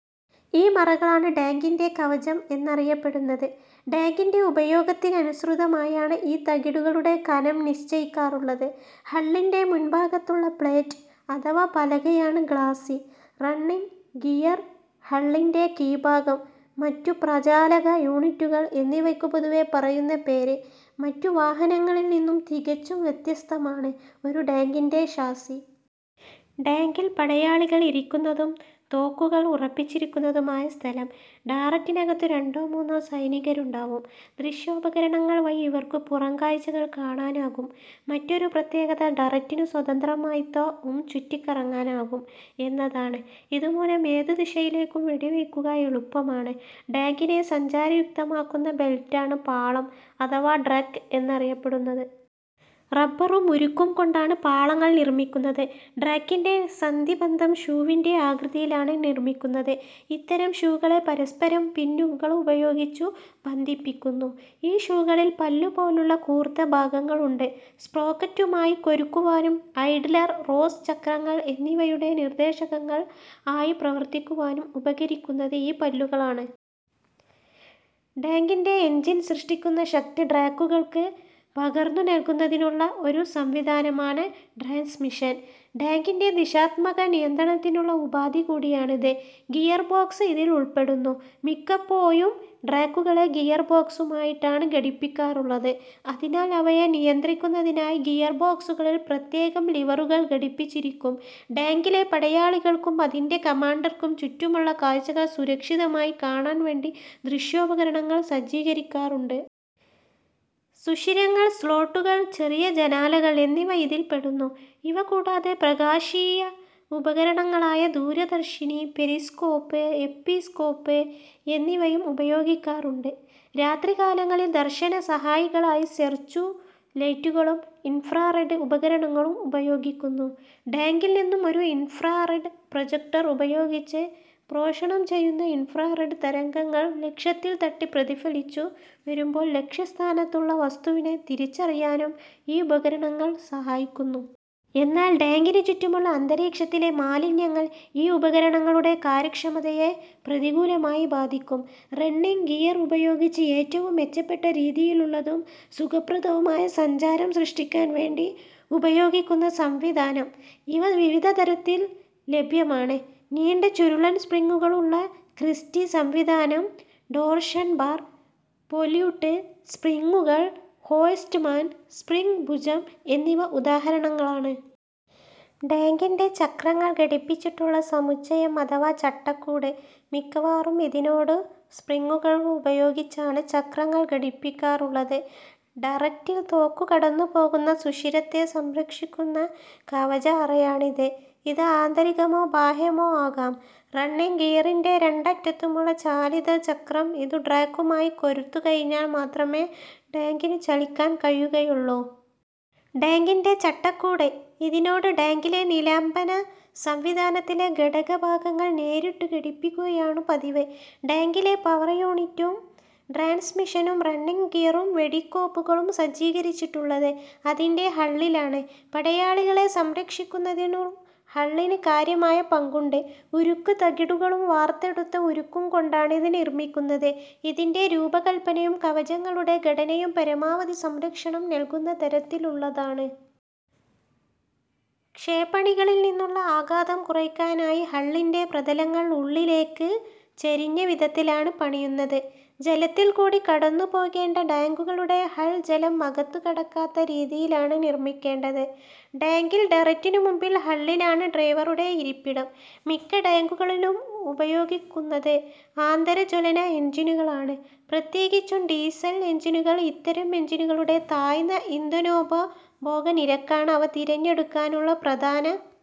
ഈ മറകളാണ് ടാങ്കിന്റെ കവചം എന്നറിയപ്പെടുന്നത്. ടാങ്കിന്റെ ഉപയോഗത്തിനനുസൃതമായാണ് ഈ തകിടുകളുടെ കനം നിശ്ചയിക്കാറുള്ളത്. ഹള്ളിന്റെ മുൻഭാഗത്തുള്ള പ്ലേറ്റ് അഥവാ പലകയാണ് ഗ്ലാസി. റണ്ണിങ്ങ് ഗിയർ, ഹള്ളിന്റെ കീഴ്ഭാഗം, മറ്റു പ്രചാലക യൂണിറ്റുകൾ എന്നിവയ്ക്കു പൊതുവേ പറയുന്ന പേര്. മറ്റു വാഹനങ്ങളിൽ നിന്നും തികച്ചും വ്യത്യസ്തമാണ് ഒരു ടാങ്കിന്റെ ഷാസി. ടാങ്കിൽ പടയാളികൾ ഇരിക്കുന്നതും തോക്കുകൾ ഉറപ്പിച്ചിരിക്കുന്നതുമായ സ്ഥലം. ടാററ്റിനകത്തു രണ്ടോ മൂന്നോ സൈനികരുണ്ടാവും. ദൃശ്യോപകരണങ്ങൾ വഴി ഇവർക്കു പുറംകാഴ്ചകൾ കാണാനാകും. മറ്റൊരു പ്രത്യേകത ടററ്റിനു സ്വതന്ത്രമായി ത്ഥ -ഉം ചുറ്റിക്കറങ്ങാനാകും എന്നതാണ്. ഇതുമൂലം ഏതു ദിശയിലേക്കും വെടിവെയ്ക്കുക എളുപ്പമാണ്. ടാങ്കിനെ സഞ്ചാരയുക്തമാക്കുന്ന ബെൽറ്റാണ് പാളം അഥവാ ട്രാക്ക് എന്നറിയപ്പെടുന്നത്. റബറും ഉരുക്കും കൊണ്ടാണ് പാളങ്ങൾ നിർമ്മിക്കുന്നത്. ട്രാക്കിന്റെ സന്ധി ബന്ധം ഷൂവിന്റെ ആകൃതിയിലാണ് നിർമ്മിക്കുന്നത്. ഇത്തരം 'ഷൂകളെ' പരസ്പരം പിന്നുകളുപയോഗിച്ചു ബന്ധിപ്പിക്കുന്നു. ഈ ഷൂകളിൽ പല്ലു പോലുള്ള കൂർത്ത ഭാഗങ്ങളുണ്ട്. സ്പ്രോക്കറ്റുമായി കൊരുക്കുവാനും, ഐഡ്ലർ, റോസ് ചക്രങ്ങൾ എന്നിവയുടെ നിർദ്ദേശകങ്ങൾ ആയി പ്രവർത്തിക്കുവാനും ഉപകരിക്കുന്നത് ഈ പല്ലുകളാണ്. ടാങ്കിന്റെ എൻജിൻ സൃഷ്ടിക്കുന്ന ശക്തി ട്രാക്കുകൾക്കു പകർന്നു നൽകുന്നതിനുള്ള ഒരു സംവിധാനമാണ് ട്രാൻസ്മിഷൻ. ടാങ്കിന്റെ ദിശാത്മക നിയന്ത്രണത്തിനുള്ള ഉപാധി കൂടിയാണിത്. ഗിയർ ബോക്സ് ഇതിൽ ഉൾപ്പെടുന്നു. മിക്കപ്പോഴും ട്രാക്കുകളെ ഗിയർ ബോക്സുമായിട്ടാണ് ഘടിപ്പിക്കാറുള്ളത്. അതിനാൽ അവയെ നിയന്ത്രിക്കുന്നതിനായി ഗിയർ ബോക്സുകളിൽ പ്രത്യേകം ലിവറുകൾ ഘടിപ്പിച്ചിരിക്കും. ടാങ്കിലെ പടയാളികൾക്കും അതിന്റെ കമാൻഡർക്കും ചുറ്റുമുള്ള കാഴ്ചകൾ സുരക്ഷിതമായി കാണാൻ വേണ്ടി ദൃശ്യോപകരണങ്ങൾ സജ്ജീകരിക്കാറുണ്ട്. സുഷിരങ്ങൾ, സ്ലോട്ടുകൾ, ചെറിയ ജനാലകൾ എന്നിവ ഇതിൽപ്പെടുന്നു. ഇവ കൂടാതെ പ്രകാശീയ ഉപകരണങ്ങളായ ദൂരദർശിനി, പെരിസ്കോപ്പ്, എപ്പിസ്കോപ്പ് എന്നിവയും ഉപയോഗിക്കാറുണ്ട്. രാത്രികാലങ്ങളിൽ ദർശന സഹായികളായി സെർച്ചു ലൈറ്റുകളും, ഇൻഫ്രാറെഡ് ഉപകരണങ്ങളും ഉപയോഗിക്കുന്നു. ടാങ്കിൽ നിന്നും ഒരു ഇൻഫ്രാറെഡ് പ്രൊജക്ടർ ഉപയോഗിച്ച് പ്രേഷണം ചെയ്യുന്ന ഇൻഫ്രാറെഡ് തരംഗങ്ങൾ ലക്ഷ്യത്തിൽ തട്ടി പ്രതിഫലിച്ചു വരുമ്പോൾ ലക്ഷ്യസ്ഥാനത്തുള്ള വസ്തുവിനെ തിരിച്ചറിയാനും ഈ ഉപകരണങ്ങൾ സഹായിക്കുന്നു. എന്നാൽ ടാങ്കിനു ചുറ്റുമുള്ള അന്തരീക്ഷത്തിലെ മാലിന്യങ്ങൾ ഈ ഉപകരണങ്ങളുടെ കാര്യക്ഷമതയെ പ്രതികൂലമായി ബാധിക്കും. റണ്ണിങ്ങ് ഗിയർ ഉപയോഗിച്ച്, ഏറ്റവും മെച്ചപ്പെട്ട രീതിയിലുള്ളതും സുഖപ്രദവുമായ സഞ്ചാരം സൃഷ്ടിക്കാൻ വേണ്ടി, ഉപയോഗിക്കുന്ന സംവിധാനം. ഇവ വിവിധ തരത്തിൽ ലഭ്യമാണ്. നീണ്ട ചുരുളൻ സ്പ്രിങ്ങുകളുള്ള ക്രിസ്റ്റി സംവിധാനം, ടോർഷൺ ബാർ, പൊല്യൂട്ട് സ്പ്രിങ്ങുകൾ, ഹോഴ്സ്റ്റ്മാൻ, സ്പ്രിങ്ങ് ഭുജം എന്നിവ ഉദാഹരണങ്ങളാണ്. ടാങ്കിന്റെ ചക്രങ്ങൾ ഘടിപ്പിച്ചിട്ടുള്ള സമുച്ചയം അഥവാ ചട്ടക്കൂട്. മിക്കവാറും ഇതിനോടു സ്പ്രിങ്ങുകളുപയോഗിച്ചാണ് ചക്രങ്ങൾ ഘടിപ്പിക്കാറുള്ളത്. ടററ്റിൽ തോക്കു കടന്നുപോകുന്ന സുഷിരത്തെ സംരക്ഷിക്കുന്ന കവച അറയാണിത്. ഇത് ആന്തരികമോ ബാഹ്യമോ ആകാം. റണ്ണിങ്ങ് ഗിയറിന്റെ രണ്ടറ്റത്തുമുള്ള ചാലിത ചക്രം. ഇതു ട്രാക്കുമായി കൊരുത്തു കഴിഞ്ഞാൽ മാത്രമേ ടാങ്കിനു ചലിക്കാൻ കഴിയുകയുള്ളു. ടാങ്കിന്റെ ചട്ടക്കൂട്. ഇതിനോടു ടാങ്കിലെ നിലംബന സംവിധാനത്തിലെ ഘടക ഭാഗങ്ങൾ നേരിട്ടു ഘടിപ്പിക്കുകയാണു പതിവ്. ടാങ്കിലെ പവർ യൂണിറ്റും, ട്രാൻസ്മിഷനും, റണ്ണിങ്ങ് ഗിയറും, വെടിക്കോപ്പുകളും സജ്ജീകരിച്ചിട്ടുള്ളത് അതിന്റെ ഹള്ളിലാണ്. പടയാളികളെ സംരക്ഷിക്കുന്നതിലും ഹള്ളിനു കാര്യമായ പങ്കുണ്ട്. ഉരുക്കു തകിടുകളും വാർത്തെടുത്ത ഉരുക്കും കൊണ്ടാണിത് നിർമ്മിക്കുന്നത്. ഇതിന്റെ രൂപകല്പനയും കവചങ്ങളുടെ ഘടനയും പരമാവധി സംരക്ഷണം നൽകുന്ന തരത്തിലുള്ളതാണ്. ക്ഷേപണികളിൽ നിന്നുള്ള ആഘാതം കുറയ്ക്കാനായി ഹള്ളിന്റെ പ്രതലങ്ങൾ ഉള്ളിലേക്കു ചരിഞ്ഞ വിധത്തിലാണ് പണിയുന്നത്. ജലത്തിൽ കൂടി കടന്നു പോകേണ്ട ടാങ്കുകളുടെ ഹൾ, ജലം അകത്തു കടക്കാത്ത രീതിയിലാണ് നിർമ്മിക്കേണ്ടത്. ടാങ്കിൽ ടററ്റിനു മുൻപിൽ ഹള്ളിലാണ് ഡ്രൈവറുടെ ഇരിപ്പിടം. മിക്ക ടാങ്കുകളിലും ഉപയോഗിക്കുന്നത് ആന്തര ജ്വലന എൻജിനുകളാണ്- പ്രത്യേകിച്ചും ഡീസൽ എൻജിനുകൾ. ഇത്തരം എൻജിനുകളുടെ താഴ്ന്ന ഇന്ധനോപഭോഗ നിരക്കാണ് അവ തിരഞ്ഞെടുക്കാനുള്ള പ്രധാന